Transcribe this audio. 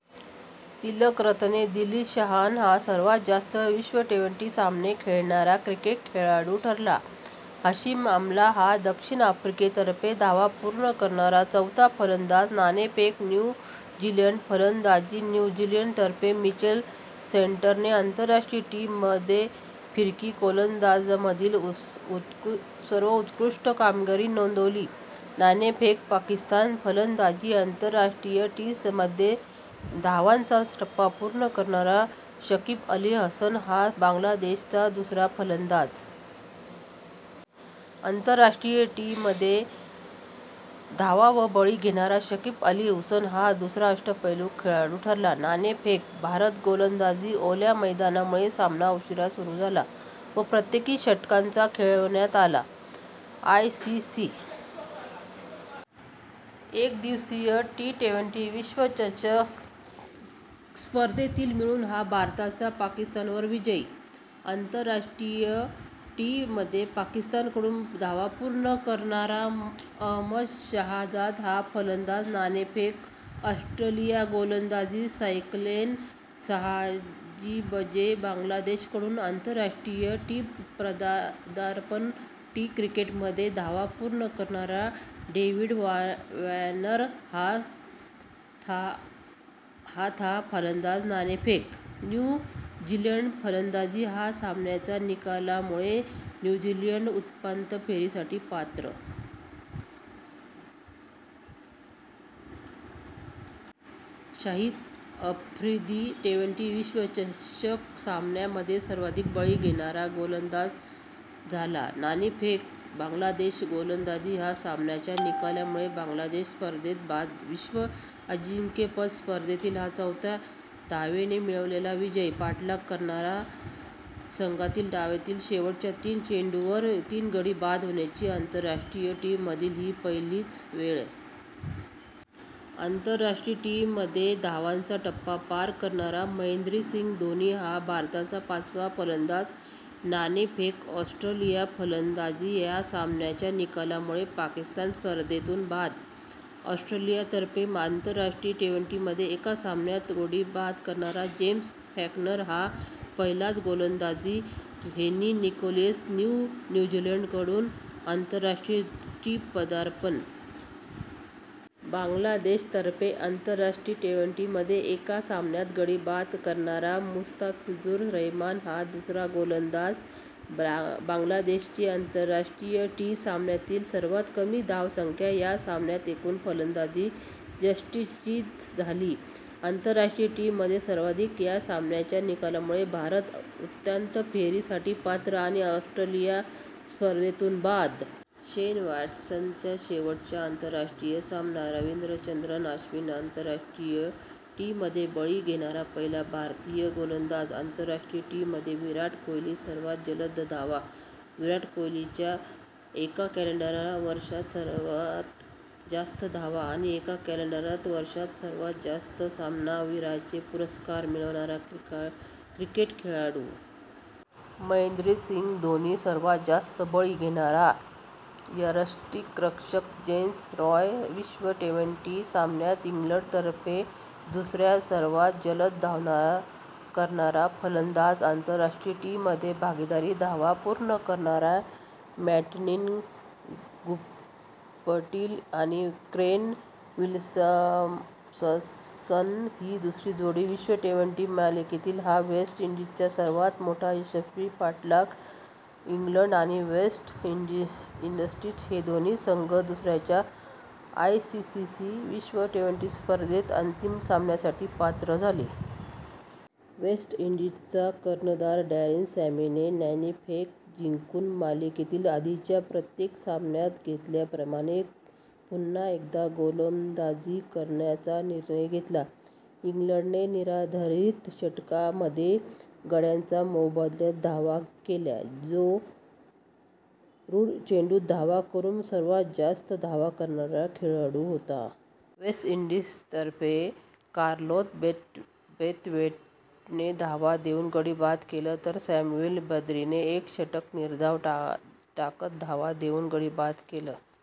तिलकरत्ने दिलीशान हा सर्वात जास्त विश्व ट्वेंटी सामने खेळणारा क्रिकेट खेळाडू ठरला. हाशिम आमला हा दक्षिण आफ्रिकेतर्फे धावा पूर्ण करणारा चवथा फलंदाज. नाणेफेक: न्यू झीलंड, फलंदाजी न्यू झीलंड तर्फे मिचेल सँटनरने आंतरराष्ट्रीय टी मध्ये फिरकी गोलंदाजांमधील सर्वोत्कृष्ट कामगिरी नोंदविली नाणेफेक: पाकिस्तान, फलंदाजी आंतरराष्ट्रीय टी मध्ये धावांचा टप्पा पूर्ण करणारा शकिब अल हसन हा बांगलादेशचा दुसरा फलंदाज। आंतरराष्ट्रीय टी मध्ये धावा व बळी घेणारा शकिब अल हसन हा दुसरा अष्टपैलू खेळाडू ठरला नाणेफेक: भारत, गोलंदाजी ओल्या मैदानामुळे सामना उशिरा सुरू झाला व प्रत्येकी षटकांचा खेळविण्यात आला. आय. सी. सी. एकदिवसीय व टी-ट्वेंटी विश्व चषक स्पर्धेतील मिळून हा भारताचा पाकिस्तानवर विजय. आंतरराष्ट्रीय टी मध्ये पाकिस्तानकडून धावा पूर्ण करणारा अहमद शाहजाद हा फलंदाज. नाणेफेक: ऑस्ट्रेलिया, गोलंदाजी साकलेन साजीबचे बांगलादेशकडून आंतरराष्ट्रीय टी पदार्पण टी क्रिकेट मध्ये धावा पूर्ण करणारा डेव्हिड वॉर्नर हा था फलंदाज नाणेफेक: न्यू झीलँड, फलंदाजी ह्या सामन्याच्या निकालामुळे न्यू झीलंड उपांत्य फेरीसाठी पात्र. शहीद आफ्रिदी ट्वेंटी - विश्वचषक सामन्यांमध्ये सर्वाधिक बळी घेणारा गोलंदाज झाला. नाणेफेक: बांगलादेश, गोलंदाजी ह्या सामन्याच्या निकालामुळे बांगलादेश स्पर्धेतून बाद. - विश्व अजिंक्यपद स्पर्धेतील हा चवथा धावेने मिळविलेला विजय. पाठलाग करणाऱ्या संघाचे डावातील शेवटच्या तीन चेंडूंवर तीन गडी बाद होण्याची आंतरराष्ट्रीय टी मधील ही पहिलीच वेळ. आंतरराष्ट्रीय टी मध्ये धावांचा टप्पा पार करणारा महेंद्रसिंग धोणी हा भारताचा पाचवा फलंदाज. नाणेफेक: ऑस्ट्रेलिया, फलंदाजी ह्या सामन्याच्या निकालामुळे पाकिस्तान स्पर्धेतून बाद. ऑस्ट्रेलियातर्फे आंतरराष्ट्रीय ट्वेंटी मध्ये एका सामन्यात गडी बाद करणारा जेम्स फॉकनर हा पहिलाच गोलंदाज हेन्री निकोल्सचे न्यू झीलंड कडून आंतरराष्ट्रीय टी पदार्पण. बांगलादेशतर्फे आंतरराष्ट्रीय ट्वेंटी मध्ये एका सामन्यात गडी बाद करणारा मुस्तफिजूर रहमान हा दुसरा गोलंदाज. बांगलादेशची आंतरराष्ट्रीय टी सामन्यातील सर्वात कमी धावसंख्या. या सामन्यात एकूण फलंदाज यष्टीचीत झाले, आंतरराष्ट्रीय टी मध्ये सर्वाधिक. ह्या सामन्याच्या निकालामुळे भारत उपांत्य फेरीसाठी पात्र आणि ऑस्ट्रेलिया स्पर्धेतून बाद. शेन वॉटसनचा शेवटचा आंतरराष्ट्रीय सामना. रविचंद्रन अश्विन आंतरराष्ट्रीय टी मध्ये बळी घेणारा पहिला भारतीय गोलंदाज. आंतरराष्ट्रीय टी मध्ये विराट कोहली सर्वात जलद धावा. विराट कोहलीच्या एका कॅलेंडर वर्षात सर्वात जास्त धावा आणि एका कॅलेंडर वर्षात सर्वात जास्त सामनावीराचे पुरस्कार मिळवणारा क्रिकेट खेळाडू. महेंद्रसिंग धोणी सर्वात जास्त बळी घेणारा यष्टिरक्षक. जेसन रॉय विश्व ट्वेंटी सामन्यात इंग्लंड तर्फे दुसऱ्या सर्वात जलद धावा करणारा फलंदाज. आंतरराष्ट्रीय टी मध्ये भागीदारीत धावा पूर्ण करणारी मार्टीन गुप्टील आणि केन विल्यमसन ही दुसरी जोडी विश्व ट्वेंटी मालिकेतील हा वेस्ट इंडीजचा सर्वात मोठा यशस्वी पाठलाग इंग्लंड आणि वेस्ट इंडीज हे दोन्ही संघ दुसऱ्यांदा आयसीसी विश्व ट्वेंटी स्पर्धेच्या अंतिम सामन्यासाठी पात्र झाले. वेस्ट इंडीजचा कर्णधार डॅरेन सामी ने नाणेफेक जिंकून, मालिकेतील आधीच्या प्रत्येक सामन्या घेतल्याप्रमाणे पुन्हा एकदा गोलंदाजी करण्याचा निर्णय घेतला. इंग्लंडने निर्धारित षटकांमध्ये गड्यांच्या मोबदल्यात धावा केल्या. ज्यो रूट चेंडूत धावा करून सर्वात जास्त धावा करणारा खेळाडू होता. वेस्ट इंडीज तर्फे कार्लोस ब्रेथवेटने धावा देऊन गडी बाद केले, तर सॅम्युएल बद्रीने एक षटक निर्धाव टाकत धावा देऊन गडी बाद केले.